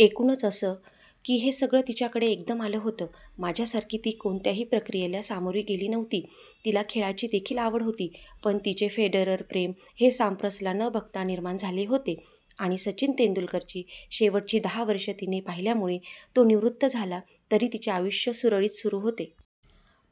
एकूणच असं की हे सगळं तिच्याकडे एकदम आलं होतं. माझ्यासारखी ती कोणत्याही प्रक्रियेला सामोरी गेली नव्हती. तिला खेळाची देखील आवड होती. पण तिचे फेडरर-प्रेम हे साम्प्रासला न बघता निर्माण झाले होते आणि सचिन तेंडुलकरची शेवटची दहा वर्षं तिने पाहिल्यामुळे तो निवृत्त झाला तरी तिचे आयुष्य सुरळीत सुरू होते.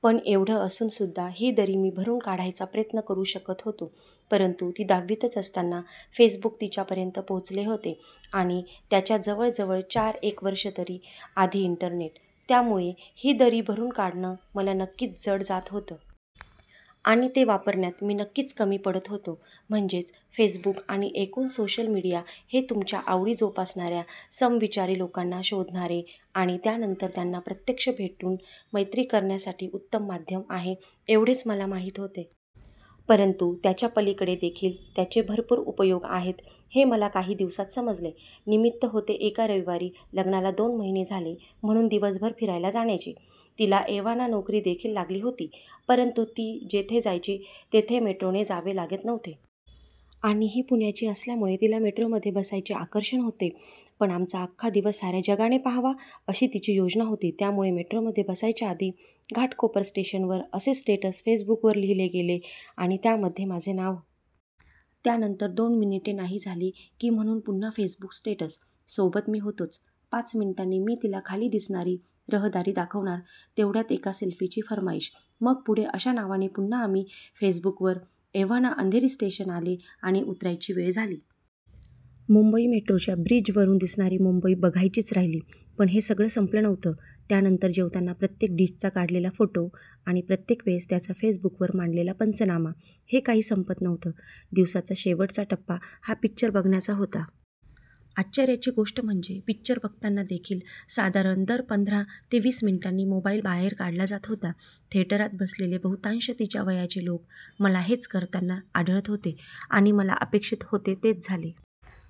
पण एवढं असून सुद्धा ही दरी मी भरून काढायचा प्रयत्न करू शकत होतो. परंतु ती दहावीतच असताना फेसबुक तिच्यापर्यंत पोहोचले होते आणि त्याच्या जवळ जवळ चार एक वर्ष तरी आधी इंटरनेट. त्यामुळे ही दरी भरून काढणं मला नक्कीच जड जात होतं. आणि ते वापरण्यात मी नक्कीच कमी पडत होतो. म्हणजे फेसबुक आणि एकूण सोशल मीडिया हे तुमच्या आवडी जोपासणाऱ्या, समविचारी लोकांना शोधणारे आणि त्यानंतर त्यांना प्रत्यक्ष भेटून मैत्री करायसाठी उत्तम माध्यम आहे एवढेच मला माहिती होते. परंतु त्याच्या पलीकडे देखील त्याचे भरपूर उपयोग आहेत हे मला काही दिवसांत समजले. निमित्त होते एका रविवारी लग्नाला दोन महिने झाले म्हणून दिवसभर फिरायला जाण्याचे. तिला एव्हाना नोकरी देखील लागली होती. परंतु ती जिथे जायची तिथे मेट्रोने जावे लागत नव्हते. आणि ही पुण्याची असल्यामुळे तिला मेट्रोमध्ये बसायचे आकर्षण होते. पण आमचा अख्खा दिवस साऱ्या जगाने पाहावा अशी तिची योजना होती. त्यामुळे मेट्रोमध्ये बसायच्या आधी घाटकोपर स्टेशनवर असे स्टेटस फेसबुकवर लिहिले गेले आणि त्यामध्ये माझे नाव. त्यानंतर दोन मिनिटे नाही झाली की म्हणून पुन्हा फेसबुक स्टेटस. सोबत मी होतोच. पाच मिनिटांनी मी तिला खाली दिसणारी रहदारी दाखवणार तेवढ्यात एका सेल्फीची फर्माईश. मग पुढे अशा नावाने पुन्हा आम्ही फेसबुकवर. एव्हाना अंधेरी स्टेशन आले आणि उतरायची वेळ झाली. मुंबई मेट्रोच्या ब्रिजवरून दिसणारी मुंबई बघायचीच राहिली. पण हे सगळं संपलं नव्हतं. त्यानंतर जेवताना प्रत्येक डिशचा काढलेला फोटो आणि प्रत्येक वेळेस त्याचा फेसबुकवर मांडलेला पंचनामा हे काही संपत नव्हतं. दिवसाचा शेवटचा टप्पा हा पिक्चर बघण्याचा होता. आश्चर्याची गोष्ट म्हणजे पिक्चर बघताना देखील साधारण दर पंधरा ते वीस मिनिटांनी मोबाईल बाहेर काढला जात होता. थिएटरात बसलेले बहुतांश तिच्या वयाचे लोक मला हेच करताना आढळत होते. आणि मला अपेक्षित होते तेच झाले.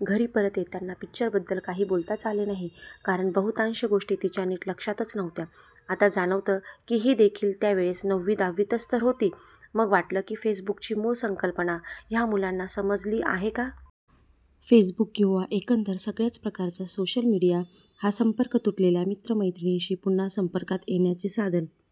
घरी परत येताना पिक्चरबद्दल काही बोलताच आले नाही. कारण बहुतांश गोष्टी तिच्या नीट लक्षातच नव्हत्या. आता जाणवतं की ही देखील त्या वेळेस नववी-दहावीतच तर होती. मग वाटलं की फेसबुकची मूळ संकल्पना ह्या मुलांना समजली आहे का? फेसबुक किंवा एकंदर सगळ्याच प्रकारचा सोशल मीडिया हा संपर्क तुटलेल्या मित्र-मैत्रिणींशी पुन्हा संपर्कात येण्याचं साधन.